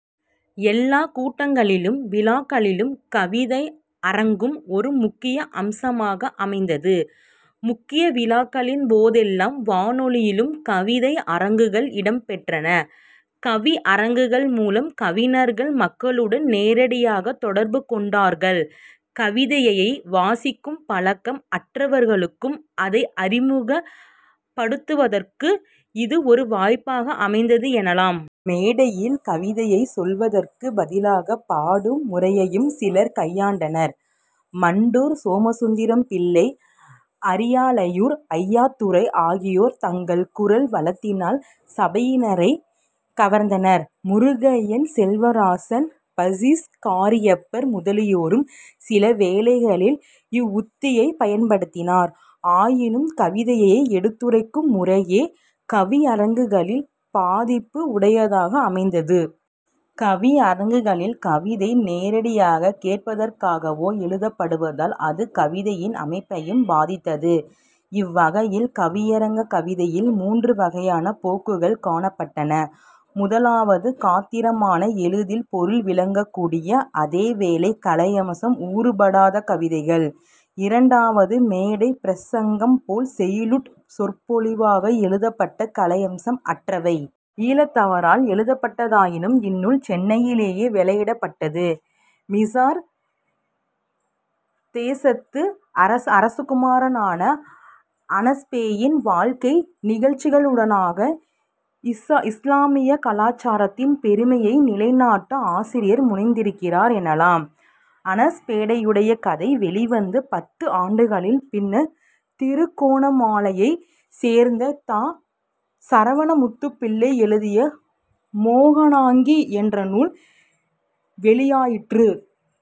எல்லாக் கூட்டங்களிலும் விழாக்களிலும் கவிதை அரங்கும் ஒரு முக்கிய அம்சமாக அமைந்தது. முக்கிய விழாக்களின் போதெல்லாம் வானொலியிலும் கவிதை அரங்குகள் இடம்பெற்றன. கவியரங்குகள் மூலம் கவிஞர்கள் மக்களுடன் நேரடியாகத் தொடர்பு கொண்டார்கள். கவிதையை வாசிக்கும் பழக்கம் அற்றவர்களுக்கும் அதை அறிமுகப் படுத்துவதற்கு இது ஒரு வாய்ப்பாக அமைந்தது எனலாம். மேடையில் கவிதையைச் சொல்வதற்குப் பதிலாக பாடும் முறையையும் சிலர் கையாண்டனர். மண்டூர் சோமசுந்தரம்பிள்ளை, அரியாலையூர் ஐயாத்துரை ஆகியோர் தங்கள் குரல் வளத்தினால் சபையினரைக் கவர்ந்தனர். முருகையன், செல்வராசன், பஸீஸ் காரியப்பர் முதலியோரும் சிலவேளைகளில் இவ்வுத்தியைப் பயன்படுத்தினர். ஆயினும் கவிதையை எடுத்துரைக்கும் முறையே கவியரங்குகளில் பாதிப்பு உடையதாக அமைந்தது. கவியரங்குகளில் கவிதை நேரடியாகக் கேட்பதற்காகவே எழுதப்படுவதால் அது கவிதையின் அமைப்பையும் பாதித்தது. இவ்வகையில் கவியரங்கக் கவிதையில் மூன்று வகையான போக்குகள் காணப்பட்டன. முதலாவது காத்திரமான எளிதில் பொருள் விளங்கக்கூடிய அதேவேளை கலையம்சம் ஊறுபடாத கவிதைகள். இரண்டாவது மேடைப் பிரசங்கம்போல் செய்யுட் சொற்பொழிவாக எழுதப்பட்ட கலையம்சம் அற்றவை. ஈழத்தவரால் எழுதப்பட்டதாயினும் இந்நூல் சென்னையிலேயே வௌயிடப்பட்டது. மிஸர் தேசத்து அரசகுமாரனான அஸன்பேயின் வாழ்க்கை நிகழ்ச்சிகளினூடாக இஸ்லாமிய கலாசாரத்தின் பெருமையை நிலைநாட்ட ஆசிரியர் முனைந்திருக்கிறார் எனலாம். அஸன்பேயுடைய கதை வௌிவந்து பத்து ஆண்டுகளின் பின்ன திருகோணமலையைச் சேர்ந்த த. சரவணமுத்துப்பிள்ளை எழுதிய மோகனாங்கி என்ற நூல் வௌியாயிற்று.